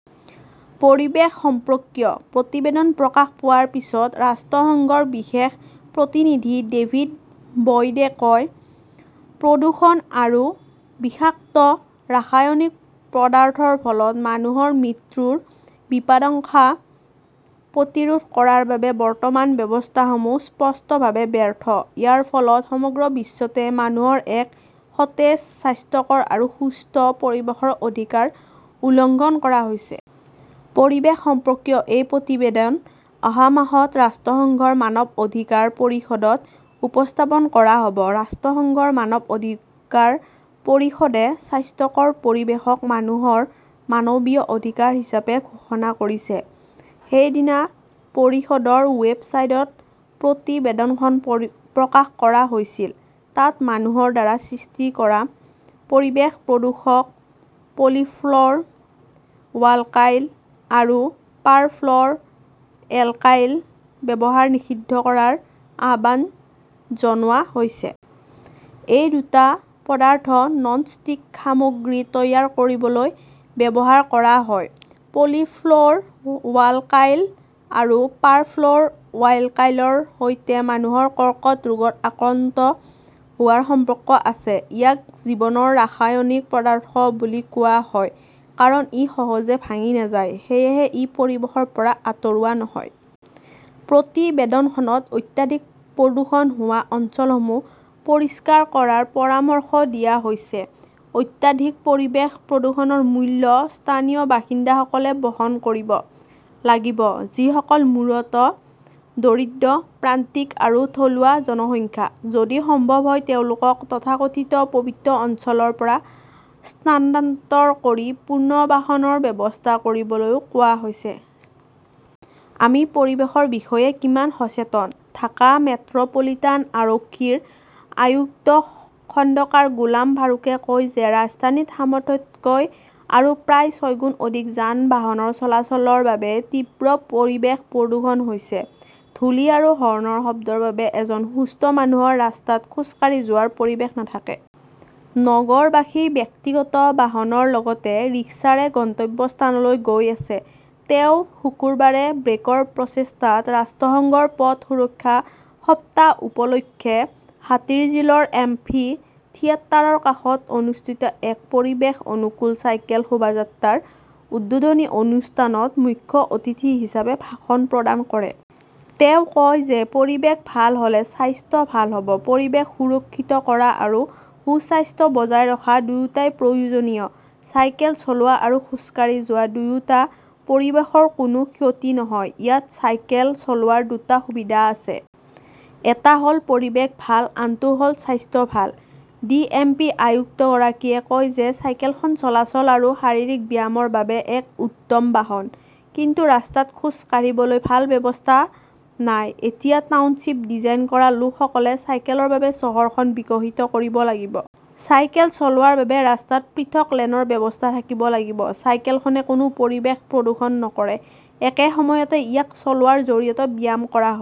পৰিৱেশ সম্পৰ্কীয় প্ৰতিবেদন প্ৰকাশ পোৱাৰ পিছত ৰাষ্ট্ৰসংঘৰ বিশেষ প্ৰতিনিধি ডেভিদ বয়ডে কয়, প্ৰদূষণ আৰু বিষাক্ত ৰাসায়নিক পদাৰ্থৰ ফলত মানুহৰ মৃত্যুৰ বিপদাশংকা প্ৰতিৰোধ কৰাৰ বাবে বৰ্তমানৰ ব্যৱস্থাসমূহ স্পষ্টভাৱে ব্যৰ্থ। ইয়াৰ ফলত সমগ্ৰ বিশ্বতে মানুহৰ এক সতেজ, স্বাস্থ্যকৰ আৰু সুস্থ পৰিৱেশৰ অধিকাৰ উলংঘন কৰা হৈছে। পৰিৱেশ সম্পৰ্কীয় এই প্ৰতিবেদন অহা মাহত ৰাষ্ট্ৰসংঘৰ মানৱ অধিকাৰ পৰিষদত উপস্থাপন কৰা হব। ৰাষ্ট্ৰসংঘৰ মানৱ অধিকাৰ পৰিষদে স্বাস্থ্যকৰ পৰিৱেশক মানুহৰ মানৱীয় অধিকাৰ হিচাপে ঘোষণা কৰিছে। সেইদিনা পৰিষদৰ ৱেবছাইটত প্ৰতিবেদনখন প্ৰকাশ কৰা হৈছিল। তাত মানুহৰ দ্বাৰা সৃষ্টি কৰা পৰিৱেশ প্ৰদূষক পলিফ্লৰ ৱাল্কাইল আৰু পাৰফ্লৰ এল্কাইলৰ ব্যৱহাৰ নিষিদ্ধ কৰাৰ আহ্বান জনোৱা হৈছে। এই দুটা পদাৰ্থ নন-ষ্টিক সামগ্ৰী তৈয়াৰ কৰিবলৈ ব্যৱহাৰ কৰা হয়। পলিফ্লৰ ৱাল্কাইল আৰু পাৰফ্লৰ এল্কাইলৰ সৈতে মানুহৰ কৰ্কট ৰোগত আক্ৰান্ত হোৱাৰ সম্পৰ্ক আছে। ইয়াক জীৱনৰ ৰাসায়নিক পদাৰ্থ বুলি কোৱা হয়। কাৰণ ই সহজে ভাঙি নাযায়, সেয়েহে ই পৰিৱেশৰ পৰা আঁতৰোৱা নহয়। প্ৰতিবেদনখনত অত্যাধিক প্ৰদূষণ হোৱা অঞ্চলসমূহ পৰিষ্কাৰ কৰাৰ পৰামৰ্শ দিয়া হৈছে। অত্যাধিক পৰিৱেশ প্ৰদূষণৰ মূল্য স্থানীয় বাসিন্দাসকলে বহন কৰিব লাগিব; যিসকল মূলতঃ দৰিদ্ৰ, প্ৰান্তিক আৰু থলুৱা জনসংখ্যা। যদি সম্ভৱ হয়, তেওঁলোকক তথাকথিত পবিত্ৰ অঞ্চল ৰ পৰা স্থানান্তৰ কৰি পুনৰ্বাসনৰ ব্যৱস্থা কৰিবলৈও কোৱা হৈছে। আমি পৰিৱেশৰ বিষয়ে কিমান সচেতন? ঢাকা মেট্ৰ পলিটান আৰক্ষীৰ আয়ুক্ত খণ্ডকাৰ গোলাম ফাৰুকে কয় যে ৰাজধানীত সামৰ্থ্যতকৈ আৰু প্ৰায় ছয়গুণ অধিক যান-বাহনৰ চলাচলৰ বাবে তীব্ৰ পৰিৱেশ প্ৰদূষণ হৈছে। ধূলি আৰু হৰ্ণৰ শব্দৰ বাবে এজন সুস্থ মানুহৰ ৰাস্তাত খোজ কাঢ়ি যোৱাৰ পৰিৱেশ নাথাকে। নগৰবাসী ব্যক্তিগত বাহনৰ লগতে ৰিক্সাৰে গন্তব্যস্থানলৈ গৈ আছে। তেওঁ শুকুৰবাৰে ব্ৰেকৰ প্ৰচেষ্টাত ৰাষ্ট্ৰসংঘৰ পথ সুৰক্ষা সপ্তাহ উপলক্ষে হাতীৰঝিলৰ এম্ফি থিয়েটাৰৰ কাষত অনুষ্ঠিত এক পৰিৱেশ-অনুকূল চাইকেল শোভাযাত্ৰৰ উদ্বোধনী অনুষ্ঠানত মুখ্য অতিথি হিচাপে ভাষণ প্ৰদান কৰে। তেওঁ কয় যে, পৰিৱেশ ভাল হ'লে স্বাস্থ্য ভাল হব। পৰিৱেশ সুৰক্ষিত কৰা আৰু সুস্বাস্থ্য বজাই ৰখা দুয়োটাই প্ৰয়োজনীয়। চাইকেল চলোৱা আৰু খোজ কাঢ়ি যোৱা দুয়োটা পৰিৱেশৰ কোনো ক্ষতি নহয়। ইয়াত চাইকেল চলোৱাৰ দুটা সুবিধা আছে। এটা হ'ল পৰিৱেশ ভাল, আনটো হ'ল স্বাস্থ্য ভাল। ডিএমপি আয়ুক্তগৰাকীয়ে কয় যে চাইকেলখন চলাচল আৰু শাৰীৰিক ব্যায়ামৰ বাবে এক উত্তম বাহন। কিন্তু ৰাস্তাত খোজ কাঢ়িবলৈ ভাল ব্যৱস্থা নাই। এতিয়া টাউনশ্বিপ ডিজাইন কৰা লোকসকলে চাইকেলৰ বাবে চহৰখন বিকশিত কৰিব লাগিব। চাইকেল চলোৱাৰ বাবে ৰাস্তাত পৃথক লেনৰ ব্যৱস্থা থাকিব লাগিব। চাইকেলখনে কোনো পৰিৱেশ প্ৰদূষণ নকৰে। একে সময়তে ইয়াক চলোৱাৰ জৰিয়তে ব্যায়াম কৰা হয়।